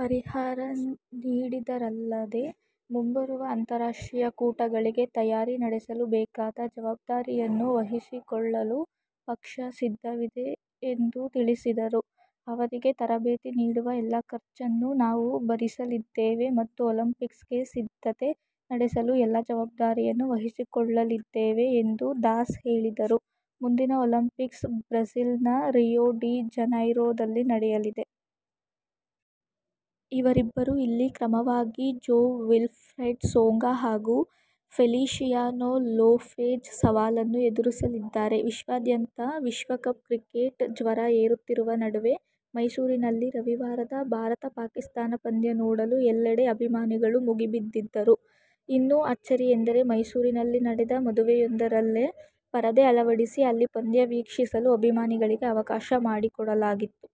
ಪರಿಹಾರ ನೀಡಿದರಲ್ಲದೇ ಮುಂಬರುವ ಅಂತಾರಾಷ್ಟ್ರೀಯ ಕೂಟಗಳಿಗೆ ತಯಾರಿ ನಡೆಸಲು ಬೇಕಾದ ಜವಾಬ್ದಾರಿಯನ್ನು ವಹಿಸಿಕೊಳ್ಳಲು ಪಕ್ಷ ಸಿದ್ಧವಿದೆ ಎಂದು ತಿಳಿಸಿದರು. ಅವರಿಗೆ ತರಬೇತಿ ನೀಡುವ ಎಲ್ಲ ಖರ್ಚನ್ನು ನಾವು ಭರಿಸಲಿದ್ದೇವೆ ಮತ್ತು ಒಲಿಂಪಿಕ್ಸ್ಗೆ ಸಿದ್ಧತೆ ನಡೆಸಲು ಎಲ್ಲ ಜವಾಬ್ದಾರಿಯನ್ನು ವಹಿಸಿಕೊಳ್ಳಲಿದ್ದೇವೆ ಎಂದು ದಾಸ್ ಹೇಳಿದರು. ಮುಂದಿನ ಒಲಿಂಪಿಕ್ಸ್ ಬ್ರಝಿಲ್ನ ರಿಯೊ ಡಿ ಜನೈರೊದಲ್ಲಿ ನಡೆಯಲಿದೆ. ಇವರಿಬ್ಬರು ಇಲ್ಲಿ ಕ್ರಮವಾಗಿ ಜೋ ವಿಲ್ಫ್ರೆಡ್ ಸೋಂಗ ಹಾಗೂ ಫೆಲಿಶಿಯಾನೊ ಲೋಪೆಜ್ ಸವಾಲನ್ನು ಎದುರಿಸಲಿದ್ದಾರೆ. ವಿಶ್ವಾದ್ಯಂತ ವಿಶ್ವಕಪ್ ಕ್ರಿಕೆಟ್ ಜ್ವರ ಏರುತ್ತಿರುವ ನಡುವೆ ಮೈಸೂರಿನಲ್ಲಿ ರವಿವಾರದ ಭಾರತ-ಪಾಕಿಸ್ಥಾನ ಪಂದ್ಯ ನೋಡಲು ಎಲ್ಲೆಡೆ ಅಭಿಮಾನಿಗಳು ಮುಗಿಬಿದ್ದಿದ್ದರು. ಇನ್ನೂ ಅಚ್ಚರಿ ಎಂದರೆ ಮೈಸೂರಿನಲ್ಲಿ ನಡೆದ ಮದುವೆಯೊಂದರಲ್ಲೇ ಪರದೆ ಅಳವಡಿಸಿ ಅಲ್ಲಿ ಪಂದ್ಯ ವೀಕ್ಷಿಸಲು ಅಭಿಮಾನಿಗಳಿಗೆ ಅವಕಾಶ ಮಾಡಿಕೊಡಲಾಗಿತ್ತು.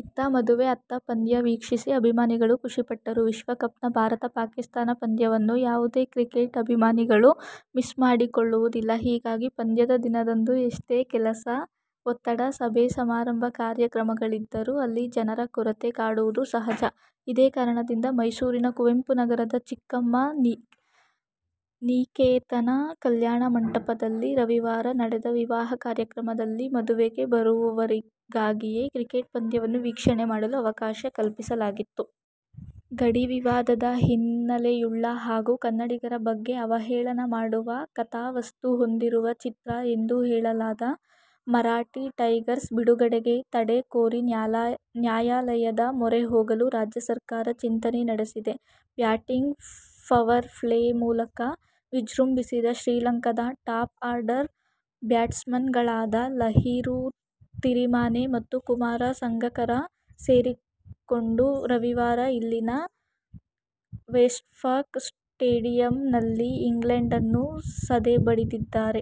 ಇತ್ತ ಮದುವೆ, ಅತ್ತ ಪಂದ್ಯ ವೀಕ್ಷಿಸಿ ಅಭಿಮಾನಿಗಳು ಖುಷಿಪಟ್ಟರು. ವಿಶ್ವ ಕಪ್ನ ಭಾರತ-ಪಾಕಿಸ್ಥಾನ ಪಂದ್ಯವನ್ನು ಯಾವುದೇ ಕ್ರಿಕೆಟ್ ಅಭಿಮಾನಿಗಳು ಮಿಸ್ ಮಾಡಿಕೊಳ್ಳು ವುದಿಲ್ಲ. ಹೀಗಾಗಿ ಪಂದ್ಯದ ದಿನದಂದು ಎಷ್ಟೇ ಕೆಲಸ, ಒತ್ತಡ, ಸಭೆ, ಸಮಾರಂಭ, ಕಾರ್ಯಕ್ರಮಗಳಿದ್ದರೂ ಅಲ್ಲಿ ಜನರ ಕೊರತೆ ಕಾಡುವುದು ಸಹಜ. ಇದೇ ಕಾರಣದಿಂದ ಮೈಸೂರಿನ ಕುವೆಂಪುನಗರದ ಚಿಕ್ಕಮ್ಮಾ ನಿಕೇತನ ಕಲ್ಯಾಣ ಮಂಟಪದಲ್ಲಿ ರವಿವಾರ ನಡೆದ ವಿವಾಹ ಕಾರ್ಯಕ್ರಮದಲ್ಲಿ ಮದುವೆಗೆ ಬರುವವರಿಗಾಗಿಯೇ ಕ್ರಿಕೆಟ್ ಪಂದ್ಯವನ್ನು ವೀಕ್ಷಣೆ ಮಾಡಲು ಅವಕಾಶ ಕಲ್ಪಿಸಲಾಗಿತ್ತು. ಗಡಿ ವಿವಾದದ ಹಿನ್ನೆಲೆಯುಳ್ಳ ಹಾಗೂ ಕನ್ನಡಿಗರ ಬಗ್ಗೆ ಅವಹೇಳನ ಮಾಡುವ ಕಥಾವಸ್ತು ಹೊಂದಿರುವ ಚಿತ್ರ ಎಂದು ಹೇಳಲಾದ "ಮರಾಠಿ ಟೈಗರ್ಸ್' ಬಿಡುಗಡೆಗೆ ತಡೆ ಕೋರಿ ನ್ಯಾಯಾಲಯದ ಮೊರೆ ಹೋಗಲು ರಾಜ್ಯ ಸರ್ಕಾರ ಚಿಂತನೆ ನಡೆಸಿದೆ. ಬ್ಯಾಟಿಂಗ್ ಪವರ್-ಪ್ಲೇ ಮೂಲಕ ವಿಜೃಂಭಿಸಿದ ಶ್ರೀಲಂಕಾದ ಟಾಪ್ ಆರ್ಡರ್ ಬ್ಯಾಟ್ಸ್ಮನ್ಗಳಾದ ಲಹಿರು ತಿರಿಮಾನೆ ಮತ್ತು ಕುಮಾರ ಸಂಗಕ್ಕರ ಸೇರಿಕೊಂಡು ರವಿವಾರ ಇಲ್ಲಿನ "ವೆಸ್ಟ್ಪಾಕ್ ಸ್ಟೇಡಿಯಂ'ನಲ್ಲಿ ಇಂಗ್ಲೆಂಡನ್ನು ಸದೆಬಡಿದಿದ್ದಾರೆ.